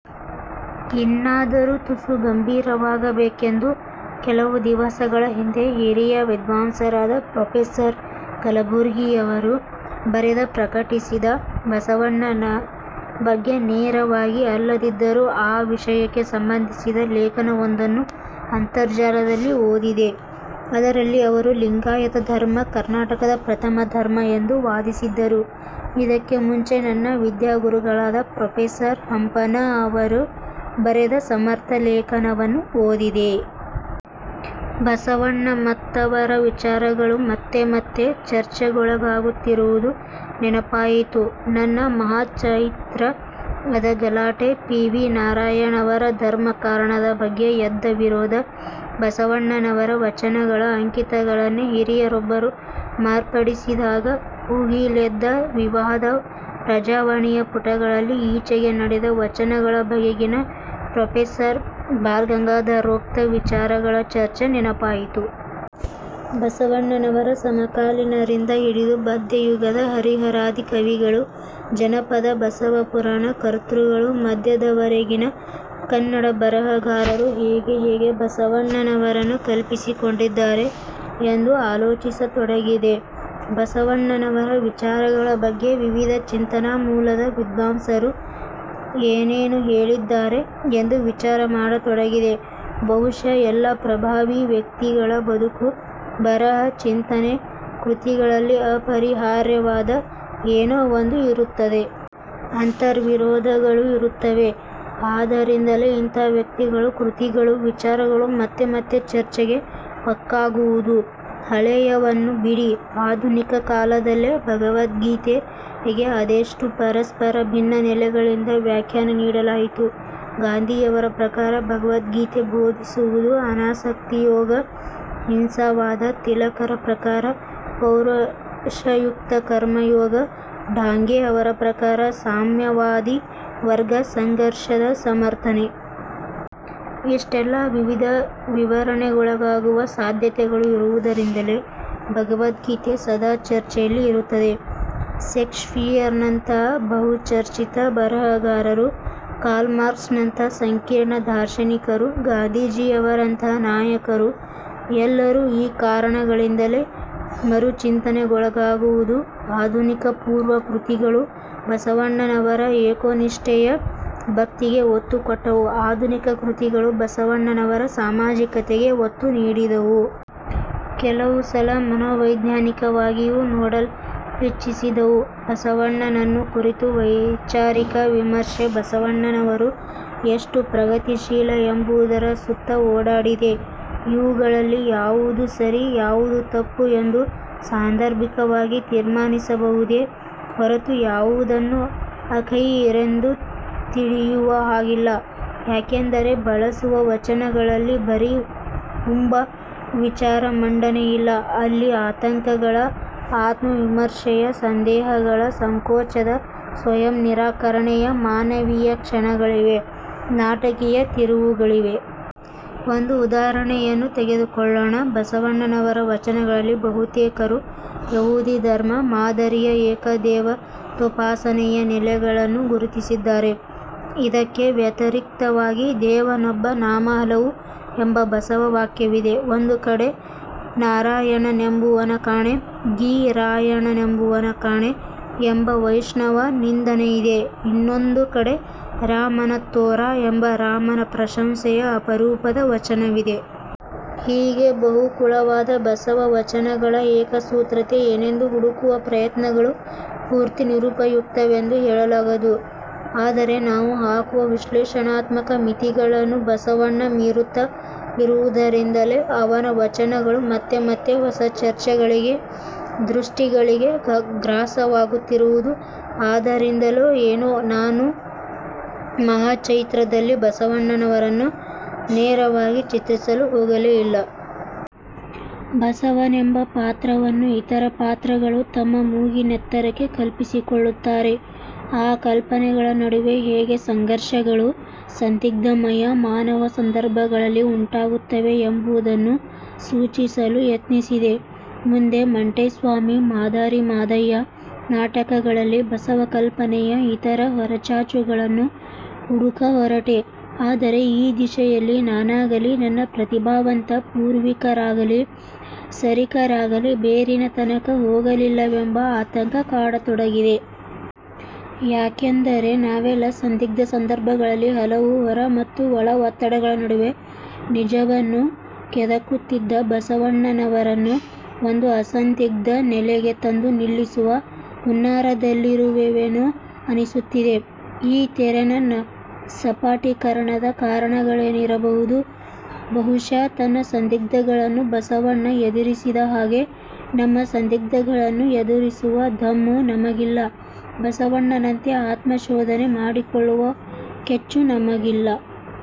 ಇನ್ನಾದರೂ ತುಸು ಗಂಭೀರವಾಗಬೇಕೆಂದು ಕೆಲವು ದಿವಸಗಳ ಹಿಂದೆ ಹಿರಿಯ ವಿದ್ವಾಂಸರಾದ ಪ್ರೊಫೆಸರ್ ಕಲಬುರ್ಗಿಯವರು ಬರೆದು ಪ್ರಕಟಿಸಿದ್ದ ಬಸವಣ್ಣನ ಬಗ್ಗೆ ನೇರವಾಗಿ ಅಲ್ಲದಿದ್ದರೂ ಆ ವಿಷಯಕ್ಕೇ ಸಂಬಂಧಿಸಿದ ಲೇಖನವೊಂದನ್ನು ಅಂತರ್ಜಾಲದಲ್ಲಿ ಓದಿದೆ. ಅದರಲ್ಲಿ ಅವರು ಲಿಂಗಾಯತ ಧರ್ಮ ಕರ್ನಾಟಕದ ಪ್ರಥಮ ಧರ್ಮ ಎಂದು ವಾದಿಸಿದ್ದರು. ಇದಕ್ಕೆ ಮುಂಚೆ ನನ್ನ ವಿದ್ಯಾಗುರುಗಳಾದ ಪ್ರೊಫೆಸರ್ ಹಂಪನಾ ಅವರು ಬರೆದ ಸಮರ್ಥ ಲೇಖನವನ್ನೂ ಓದಿದೆ. ಬಸವಣ್ಣ ಮತ್ತವರ ವಿಚಾರಗಳು ಮತ್ತೆ ಮತ್ತೆ ಚರ್ಚೆಗೊಳಗಾಗುತ್ತಿರುವುದು ನೆನಪಾಯಿತು. ನನ್ನ 'ಮಹಾಚೈತ್ರ'ದ ಗಲಾಟೆ, ಪಿ. ವಿ. ನಾರಾಯಣ ಅವರ 'ಧರ್ಮಕಾರಣ'ದ ಬಗ್ಗೆ ಎದ್ದ ವಿರೋಧ, ಬಸವಣ್ಣನವರ ವಚನಗಳ ಅಂಕಿತಗಳನ್ನೇ ಹಿರಿಯರೊಬ್ಬರು ಮಾರ್ಪಡಿಸಿದಾಗ ಭುಗಿಲೆದ್ದ ವಿವಾದ, 'ಪ್ರಜಾವಾಣಿ'ಯ ಪುಟಗಳಲ್ಲಿ ಈಚೆಗೆ ನಡೆದ ವಚನಗಳ ಬಗೆಗಿನ ಪ್ರೊಫೆಸರ್ ಬಾಲಗಂಗಾಧರೋಕ್ತ ವಿಚಾರಗಳ ಚರ್ಚೆ ನೆನಪಾಯಿತು. ಬಸವಣ್ಣನವರ ಸಮಕಾಲೀನರಿಂದ ಹಿಡಿದು ಮಧ್ಯಯುಗದ ಹರಿಹರಾದಿ ಕವಿಗಳು ಜನಪದ ಬಸವಪುರಾಣ ಕರ್ತೃಗಳು ಸದ್ಯದವರೆಗಿನ ಕನ್ನಡ ಬರಹಗಾರರು ಹೇಗೆ ಹೇಗೆ ಬಸವಣ್ಣನವರನ್ನು ಕಲ್ಪಿಸಿಕೊಂಡಿದ್ದಾರೆ ಎಂದು ಆಲೋಚಿಸತೊಡಗಿದೆ. ಬಸವಣ್ಣನವರ ವಿಚಾರಗಳ ಬಗ್ಗೆ ವಿವಿಧ ಚಿಂತನಾಮೂಲದ ವಿದ್ವಾಂಸರು ಏನೇನು ಹೇಳಿದ್ದಾರೆ ಎಂದು ವಿಚಾರ ಮಾಡತೊಡಗಿದೆ. ಬಹುಶಃ ಎಲ್ಲ ಪ್ರಭಾವಿ ವ್ಯಕ್ತಿಗಳ ಬದುಕು, ಬರಹ, ಚಿಂತನೆ, ಕೃತಿಗಳಲ್ಲಿ ಅಪರಿಹಾರ್ಯವಾದ ಏನೋ ಒಂದು ಇರುತ್ತದೆ. ಅಂತರ್ವಿರೋಧಗಳೂ ಇರುತ್ತವೆ. ಆದ್ದರಿಂದಲೇ ಇಂಥ ವ್ಯಕ್ತಿಗಳು, ಕೃತಿಗಳು, ವಿಚಾರಗಳು ಮತ್ತೆ ಮತ್ತೆ ಚರ್ಚೆಗೆ ಪಕ್ಕಾಗುವುದು. ಹಳೆಯವನ್ನು ಬಿಡಿ, ಆಧುನಿಕ ಕಾಲದಲ್ಲೇ 'ಭಗವದ್ಗೀತೆ'ಗೆ ಅದೆಷ್ಟು ಪರಸ್ಪರ ಭಿನ್ನ ನೆಲೆಗಳಿಂದ ವ್ಯಾಖ್ಯಾನ ನೀಡಲಾಯಿತು? ಗಾಂಧಿಯವರ ಪ್ರಕಾರ 'ಭಗವದ್ಗೀತೆ' ಬೋಧಿಸುವುದು ಅನಾಸಕ್ತಿಯೋಗ, ಅಹಿಂಸಾವಾದ, ತಿಲಕರ ಪ್ರಕಾರ ಪೌರುಷಯುಕ್ತಕರ್ಮಯೋಗ, ಡಾಂಗೆ ಅವರ ಪ್ರಕಾರ ಸಾಮ್ಯವಾದಿ ವರ್ಗ ಸಂಘರ್ಷದ ಸಮರ್ಥನೆ. ಇಷ್ಟೆಲ್ಲಾ ವಿವಿಧ ವಿವರಣೆಗೊಳಗಾಗುವ ಸಾಧ್ಯತೆಗಳು ಇರುವುದರಿಂದಲೇ 'ಭಗವದ್ಗೀತೆ' ಸದಾ ಚರ್ಚೆಯಲ್ಲಿ ಇರುತ್ತದೆ. ಷೇಕ್ಸ್ಪಿಯರನಂಥ ಬಹುಚರ್ಚಿತ ಬರಹಗಾರರು, ಕಾರ್ಲ್ಮಾರ್ಕ್ಸ್ನಂಥ ಸಂಕೀರ್ಣ ದಾರ್ಶನಿಕರು, ಗಾಂಧಿಯವರಂಥ ನಾಯಕರು ಎಲ್ಲರೂ ಈ ಕಾರಣಗಳಿಂದಲೇ ಮರುಚಿಂತನೆಗೊಳಗಾಗುವುದು. ಆಧುನಿಕಪೂರ್ವ ಕೃತಿಗಳು ಬಸವಣ್ಣನವರ ಏಕೋನಿಷ್ಠೆಯ ಭಕ್ತಿಗೆ ಒತ್ತುಕೊಟ್ಟವು; ಆಧುನಿಕ ಕೃತಿಗಳು ಬಸವಣ್ಣನವರ ಸಾಮಾಜಿಕತೆಗೆ ಒತ್ತು ನೀಡಿದವು. ಕೆಲವು ಸಲ ಮನೋವೈಜ್ಞಾನಿಕವಾಗಿಯೂ ನೋಡಲಿಚ್ಛಿಸಿದವು. ಬಸವಣ್ಣನನ್ನು ಕುರಿತ ವೈಚಾರಿಕ ವಿಮರ್ಶೆ ಬಸವಣ್ಣನವರು ಎಷ್ಟು 'ಪ್ರಗತಿಶೀಲ' ಎಂಬುದರ ಸುತ್ತ ಓಡಾಡಿದೆ. ಇವುಗಳಲ್ಲಿ ಯಾವುದು ಸರಿ ಯಾವುದು ತಪ್ಪು ಎಂದು ಸಾಂದರ್ಭಿಕವಾಗಿ ತೀರ್ಮಾನಿಸಬಹುದೆ ಹೊರತು ಯಾವುದನ್ನೂ ಆಖೈರೆಂದು ತಿಳಿಯುವ ಹಾಗಿಲ್ಲ. ಯಾಕೆಂದರೆ ಬಸವ ವಚನಗಳಲ್ಲಿ ಬರೀ ಹುಂಬ ವಿಚಾರಮಂಡನೆಯಿಲ್ಲ; ಅಲ್ಲಿ ಆತಂಕಗಳ, ಆತ್ಮವಿಮರ್ಶೆಯ, ಸಂದೇಹಗಳ, ಸಂಕೋಚದ, ಸ್ವಯಂನಿರಾಕರಣೆಯ ಮಾನವೀಯ ಕ್ಷಣಗಳಿವೆ, ನಾಟಕೀಯ ತಿರುವುಗಳಿವೆ. ಒಂದು ಉದಾಹರಣೆಯನ್ನು ತೆಗೆದುಕೊಳ್ಳೋಣ. ಬಸವಣ್ಣನವರ ವಚನಗಳಲ್ಲಿ ಬಹುತೇಕರು ಯಹೂದಿ ಧರ್ಮ ಮಾದರಿಯ ಏಕದೇವತೋಪಾಸನೆಯ ನೆಲೆಗಳನ್ನು ಗುರುತಿಸಿದ್ದಾರೆ. ಇದಕ್ಕೆ ವ್ಯತಿರಿಕ್ತವಾಗಿ 'ದೇವನೊಬ್ಬ, ನಾಮ ಹಲವು' ಎಂಬ ಬಸವ ವಾಕ್ಯವಿದೆ. ಒಂದು ಕಡೆ 'ನಾರಾಯಣನೆಂಬುವನ ಕಾಣೆ, ಗೀರಾಯಣನೆಂಬುವನ ಕಾಣೆ' ಎಂಬ ವೈಷ್ಣವ ನಿಂದನೆಯಿದೆ. ಇನ್ನೊಂದು ಕಡೆ 'ರಾಮನ ತೋರಾ' ಎಂಬ ರಾಮನ ಪ್ರಶಂಸೆಯ ಅಪರೂಪದ ವಚನವಿದೆ. ಹೀಗೆ ಬಹುಕುಳವಾದ ಬಸವವಚನಗಳ ಏಕಸೂತ್ರತೆ ಏನೆಂದು ಹುಡುಕುವ ಪ್ರಯತ್ನಗಳು ಪೂರ್ತಿ ನಿರುಪಯುಕ್ತವೆಂದು ಹೇಳಲಾಗದು. ಆದರೆ ನಾವು ಹಾಕುವ ವಿಶ್ಲೇಷಣಾತ್ಮಕ ಮಿತಿಗಳನ್ನು ಬಸವಣ್ಣ ಮೀರುತ್ತ ಇರುವುದರಿಂದಲೇ ಅವನ ವಚನಗಳು ಮತ್ತೆ ಮತ್ತೆ ಹೊಸ ಚರ್ಚೆಗಳಿಗೆ, ದೃಷ್ಟಿಗಳಿಗೆ ಗ್ರಾಸವಾಗುತ್ತಿರುವುದು. ಆದ್ದರಿಂದಲೋ ಏನೋ ನಾನು 'ಮಹಾಚೈತ್ರ'ದಲ್ಲಿ ಬಸವಣ್ಣನವರನ್ನು ನೇರವಾಗಿ ಚಿತ್ರಿಸಲು ಹೋಗಲೇ ಇಲ್ಲ. ಬಸವನೆಂಬ ಪಾತ್ರವನ್ನು ಇತರ ಪಾತ್ರಗಳು ತಮ್ಮ ಮೂಗಿನೆತ್ತರಕ್ಕೆ ಕಲ್ಪಿಸಿಕೊಳ್ಳುತ್ತಾರೆ, ಆ ಕಲ್ಪನೆಗಳ ನಡುವೆ ಹೇಗೆ ಸಂಘರ್ಷಗಳು ಸಂದಿಗ್ಧಮಯ ಮಾನವ ಸಂದರ್ಭಗಳಲ್ಲಿ ಉಂಟಾಗುತ್ತವೆ ಎಂಬುದನ್ನು ಸೂಚಿಸಲು ಯತ್ನಿಸಿದೆ. ಮುಂದೆ 'ಮಂಟೇಸ್ವಾಮಿ', 'ಮಾದಾರಿ ಮಾದಯ್ಯ' ನಾಟಕಗಳಲ್ಲಿ ಬಸವಕಲ್ಪನೆಯ ಇತರ ಹೊರಚಾಚುಗಳನ್ನು ಹುಡುಕ ಹೊರಟೆ. ಆದರೆ ಈ ದಿಸೆಯಲ್ಲಿ ನಾನಾಗಲೀ ನನ್ನ ಪ್ರತಿಭಾವಂತ ಪೂರ್ವಿಕರಾಗಲಿ ಸರೀಕರಾಗಲಿ ಬೇರಿನ ತನಕ ಹೋಗಲಿಲ್ಲವೆಂಬ ಆತಂಕ ಕಾಡತೊಡಗಿದೆ. ಯಾಕೆಂದರೆ ನಾವೆಲ್ಲ ಸಂದಿಗ್ಧ ಸಂದರ್ಭಗಳಲ್ಲಿ ಹಲವು ಹೊರ ಮತ್ತು ಒಳ ಒತ್ತಡಗಳ ನಡುವೆ ನಿಜವನ್ನು ಕೆದಕುತ್ತಿದ್ದ ಬಸವಣ್ಣನವರನ್ನು ಒಂದು ಅಸಂದಿಗ್ಧ ನೆಲೆಗೆ ತಂದು ನಿಲ್ಲಿಸುವ ಹುನ್ನಾರದಲ್ಲಿರುವೆವೇನೋ ಅನಿಸುತ್ತಿದೆ. ಈ ತೆರನ ಸಪಾಟೀಕರಣದ ಕಾರಣಗಳೇನಿರಬಹುದು? ಬಹುಶಃ ತನ್ನ ಸಂದಿಗ್ಧಗಳನ್ನು ಬಸವಣ್ಣ ಎದುರಿಸಿದ ಹಾಗೆ ನಮ್ಮ ಸಂದಿಗ್ಧಗಳನ್ನು ಎದುರಿಸುವ ದಮ್ಮು ನಮಗಿಲ್ಲ. ಬಸವಣ್ಣನಂತೆ ಆತ್ಮಶೋಧನೆ ಮಾಡಿಕೊಳ್ಳುವ ಕೆಚ್ಚು ನಮಗಿಲ್ಲ.